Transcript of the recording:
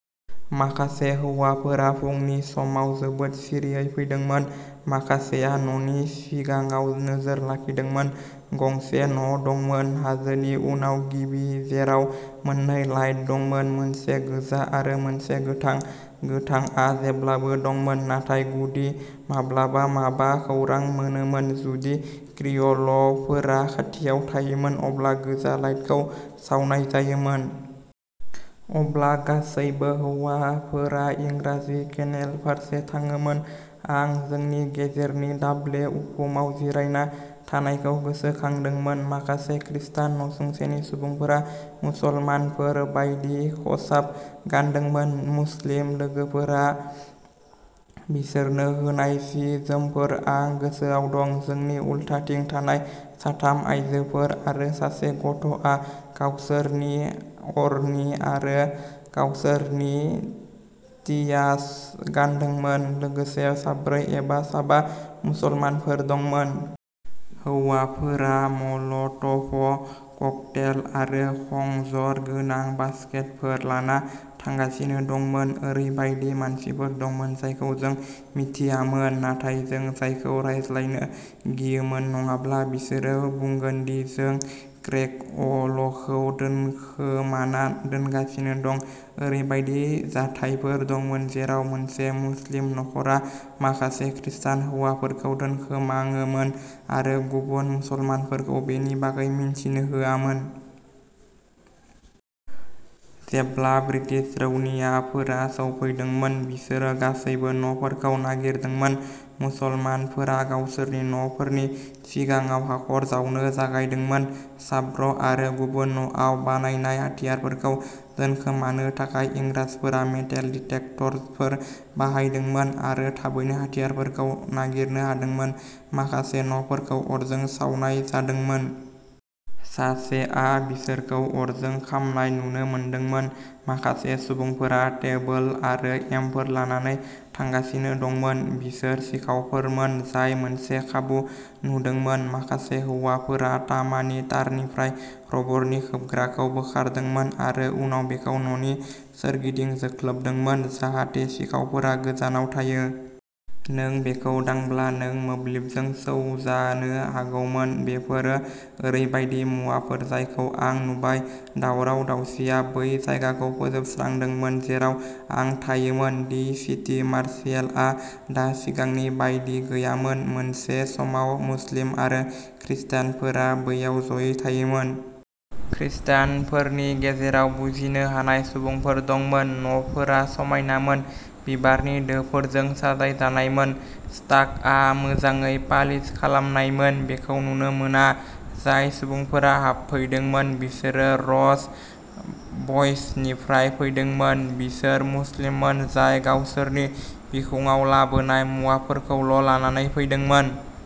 माखासे हौवाफोरा फुंनि समाव जोबोद सिरियै फैदोंमोन। माखासेया न'नि सिगाङाव नोजोर लाखिदोंमोन। गंसे न'दंमोन, हाजोनि उनाव गिबि, जेराव मोननै लाइट दंमोन, मोनसे गोजा आरो मोनसे गोथां। गोथांआ जेब्लाबो दंमोन, नाथाय जुदि माब्लाबा माबा खौरां मोनोमोन, जुदि क्रिय'लफोरा खाथियाव थायोमोन, अब्ला गोजा लाइटखौ सावनाय जायोमोन। अब्ला गासैबो हौवाफोरा'इंराजि केनेल'फारसे थाङोमोन। आं जोंनि गेरेजनि दाब्ले उखुमाव जिरायना थानायखौ गोसोखांदोंमोन। माखासे खृस्टान नसुंसेनि सुबुंफोरा मुसलमानफोर बायदि खसाब गानदोंमोन, मुस्लिम लोगोफोरा बिसोरनो होनाय जि-जोमफोर। आं गोसोआव दं, जोंनि उल्थाथिं थानाय साथाम आयजोफोर आरो सासे गथ'आ गावसोरनि'अरनी'आरो गावसोरनि'टियास'गानदोंमोन, लोगोसे साब्रै एबा साबा मुसलमानफोर दंमोन। हौवाफोरा म'ल'ट'भ ककटेल आरो खंजर गोनां बासकेटफोर लाना थांगासिनो दंमोन। ओरैबायदि मानसिफोर दंमोन जायखौ जों मिथियोमोन, नाथाय जों जायजों रायज्लायनो गियोमोन नङाब्ला बिसोर बुंगोन दि जों क्रेअ'लखौ दोनखोमाना दोनगासिनो दं। ओरैबायदि जाथायफोर दंमोन जेराव मोनसे मुस्लिम नख'रा माखासे खृस्टान हौवाफोरखौ दोनखोमाङोमोन, आरो गुबुन मुसलमानफोरखौ बेनि बागै मिन्थिनो होआमोन। जेब्ला ब्रिटिश रौनियाफोरा सौफैदोंमोन, बिसोरो गासैबो न'फोरखौ नागिरदोंमोन। मुसलमानफोरा गावसोरनि न'फोरनि सिगाङाव हाखर जावनो जागायदोंमोन साब्र आरो गुबुन न'आव बानायनाय हाथियारफोरखौ दोनखोमानो थाखाय। इंराजफोरा मेटेल डिटेक्टरफोर बाहायदोंमोन आरो थाबैनो हाथियारफोरखौ नागिरनो हादोंमोन। माखासे न'फोरखौ अरजों सावनाय जादोंमोन। सासेआ बिसोरखौ अरजों खामनाय नुनो मोनदोंमोन। माखासे सुबुंफोरा टेबोल आरो एमफोर लानानै थांगासिनो दंमोन। बिसोर सिखावफोरमोन जाय मोनसे खाबु नुदोंमोन। माखासे हौवाफोरा तामानि तारनिफ्राय रबरनि खोबग्राखौ बोखारदोंमोन आरो उनाव बेखौ न'नि सोरगिदिं जोख्लोबदोंमोन जाहाथे सिखावफोरा गोजानाव थायो। नों बेखौ दांब्ला, नों मोब्लिबजों सौजानो हागौमोन। बेफोरो ओरैबायदि मुवाफोर जायखौ आं नुबाय। दावराव-दावसिया बै जायगाखौ फोजोबस्रांदोंमोन जेराव आं थायोमोन। दि सिटि मार्शियेलआ दा सिगांनि बादि गैयामोन। मोनसे समाव मुस्लिम आरो क्रिश्चियानफोरा बैयाव जयै थायोमोन। क्रिश्चियानफोरनि गेजेराव'बुजिनो हानाय'सुबुंफोर दंमोन। न'फोरा समायनामोन, बिबारनि दोफोरजों साजायजानायमोन। स्टाक'आ मोजाङै पालिश खालामनायमोन। बेखौ नुनो मोना। जाय सुबुंफोरा हाबफैदोंमोन बिसोर र'च बइसनिफ्राय फैदोंमोन; बिसोर मुस्लिममोन जाय गावसोरनि बिखुङाव लाबोनाय मुवाफोरखौल'लानानै फैदोंमोन।